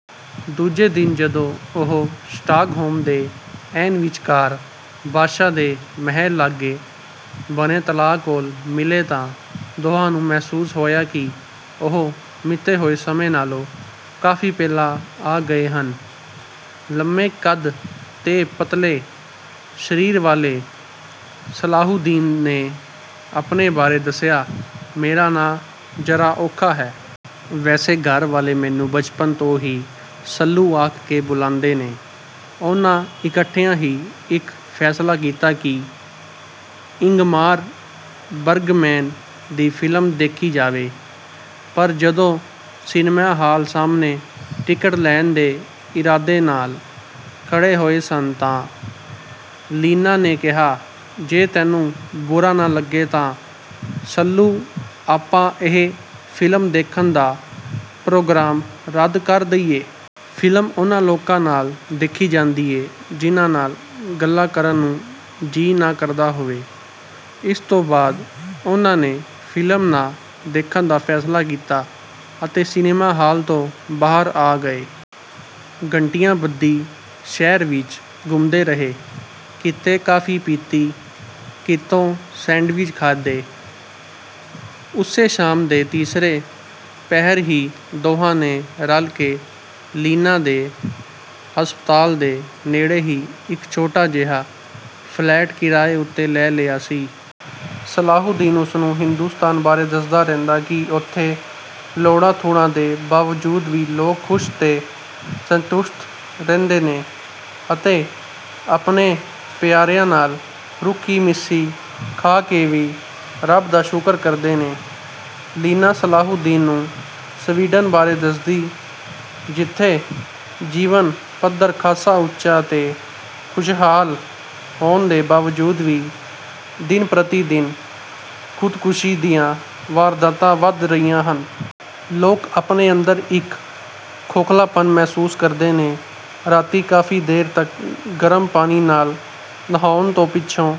ਦੂਜੇ ਦਿਨ, ਜਦੋਂ ਉਹ ਸਟਾਕਹੋਮ ਦੇ ਐਨ ਵਿਚਕਾਰ ਬਾਦਸ਼ਾਹ ਦੇ ਮਹਿਲ ਲਾਗੇ ਬਣੇ ਤਲਾਅ ਕੋਲ ਮਿਲੇ, ਤਾਂ ਦੋਹਾਂ ਨੂੰ ਮਹਿਸੂਸ ਹੋਇਆ ਕਿ ਉਹ ਮਿੱਥੇ ਹੋਏ ਸਮੇਂ ਨਾਲੋਂ ਕਾਫ਼ੀ ਪਹਿਲਾਂ ਆ ਗਏ ਹਨ। ਲੰਮੇ ਕੱਦ ਤੇ ਪਤਲੇ ਸਰੀਰ ਵਾਲੇ ਸਲਾਹੂਦੀਨ ਨੇ ਆਪਣੇ ਬਾਰੇ ਦੱਸਿਆ, "ਮੇਰਾ ਨਾਂ ਜ਼ਰਾ ਔਖਾ ਹੈ... ਵੈਸੇ ਘਰ ਵਾਲੇ ਮੈਨੂੰ ਬਚਪਨ ਤੋਂ ਹੀ ਸੱਲੂ ਆਖ ਕੇ ਬੁਲਾਂਦੇ ਨੇ।" ਉਹਨਾਂ ਇਕੱਠਿਆਂ ਹੀ ਇੱਕ ਫ਼ੈਸਲਾ ਕੀਤਾ ਕਿ ਇੰਗਮਾਰ ਬਰਗਮੈਨ ਦੀ ਫ਼ਿਲਮ ਦੇਖੀ ਜਾਵੇ। ਪਰ ਜਦੋਂ ਸਿਨੇਮਾ ਹਾਲ ਸਾਹਮਣੇ ਟਿਕਟ ਲੈਣ ਦੇ ਇਰਾਦੇ ਨਾਲ ਖੜ੍ਹੇ ਹੋਏ ਸਨ, ਤਾਂ ਲੀਨਾ ਨੇ ਕਿਹਾ, "ਜੇ ਤੈਨੂੰ ਬੁਰਾ ਨਾ ਲੱਗੇ ਤਾਂ, ਸੱਲੂ, ਆਪਾਂ ਇਹ ਫ਼ਿਲਮ ਦੇਖਣ ਦਾ ਪ੍ਰੋਗਰਾਮ ਰੱਦ ਕਰ ਦੇਈਏ। ਫ਼ਿਲਮ ਉਹਨਾਂ ਲੋਕਾਂ ਨਾਲ ਦੇਖੀ ਜਾਂਦੀ ਏ, ਜਿਨ੍ਹਾਂ ਨਾਲ ਗੱਲਾਂ ਕਰਨ ਨੂੰ ਜੀਅ ਨਾ ਕਰਦਾ ਹੋਵੇ।" ਇਸ ਤੋਂ ਬਾਅਦ ਉਹਨਾਂ ਨੇ ਫ਼ਿਲਮ ਨਾ ਦੇਖਣ ਦਾ ਫ਼ੈਸਲਾ ਕੀਤਾ ਅਤੇ ਸਿਨੇਮਾ ਹਾਲ ਤੋਂ ਬਾਹਰ ਆ ਗਏ। ਘੰਟਿਆਂ ਬੱਧੀ ਸ਼ਹਿਰ ਵਿੱਚ ਘੁੰਮਦੇ ਰਹੇ। ਕਿਤੇ ਕਾਫ਼ੀ ਪੀਤੀ, ਕਿਤੋਂ ਸੈਂਡਵਿਚ ਖਾਧੇ। ਉਸੇ ਸ਼ਾਮ ਦੇ ਤੀਸਰੇ ਪਹਿਰ ਹੀ ਦੋਹਾਂ ਨੇ ਰਲ ਕੇ, ਲੀਨਾ ਦੇ ਹਸਪਤਾਲ ਦੇ ਨੇੜੇ ਹੀ ਇੱਕ ਛੋਟਾ ਜਿਹਾ ਫ਼ਲੈਟ ਕਿਰਾਏ ਉੱਤੇ ਲੈ ਲਿਆ ਸੀ। ਸਲਾਹੂਦੀਨ ਉਸਨੂੰ ਹਿੰਦੁਸਤਾਨ ਬਾਰੇ ਦੱਸਦਾ ਰਹਿੰਦਾ ਕਿ ਉੱਥੇ ਲੋੜਾਂ-ਥੁੜਾਂ ਦੇ ਬਾਵਜੂਦ ਵੀ ਲੋਕ ਖੁਸ਼ ਤੇ ਸੰਤੁਸ਼ਟ ਰਹਿੰਦੇ ਨੇ ਅਤੇ ਆਪਣੇ ਪਿਆਰਿਆਂ ਨਾਲ ਰੁੱਖੀ-ਮਿੱਸੀ ਖਾ ਕੇ ਵੀ ਰੱਬ ਦਾ ਸ਼ੁਕਰ ਕਰਦੇ ਨੇ। ਲੀਨਾ ਸਲਾਹੂਦੀਨ ਨੂੰ ਸਵੀਡਨ ਬਾਰੇ ਦੱਸਦੀ—ਜਿੱਥੇ ਜੀਵਨ-ਪੱਧਰ ਖਾਸਾ ਉੱਚਾ ਤੇ ਖੁਸ਼ਹਾਲ ਹੋਣ ਦੇ ਬਾਵਜੂਦ ਵੀ ਦਿਨ-ਪ੍ਰਤੀ-ਦਿਨ ਖ਼ੁਦਕੁਸ਼ੀ ਦੀਆਂ ਵਾਰਦਾਤਾਂ ਵੱਧ ਰਹੀਆਂ ਹਨ। ਲੋਕ ਆਪਣੇ ਅੰਦਰ ਇੱਕ ਖੋਖਲਾਪਨ ਮਹਿਸੂਸ ਕਰਦੇ ਨੇ। ਰਾਤੀਂ ਕਾਫ਼ੀ ਦੇਰ ਤੱਕ ਗਰਮ ਪਾਣੀ ਨਾਲ ਨਹਾਉਣ ਤੋਂ ਪਿੱਛੋਂ...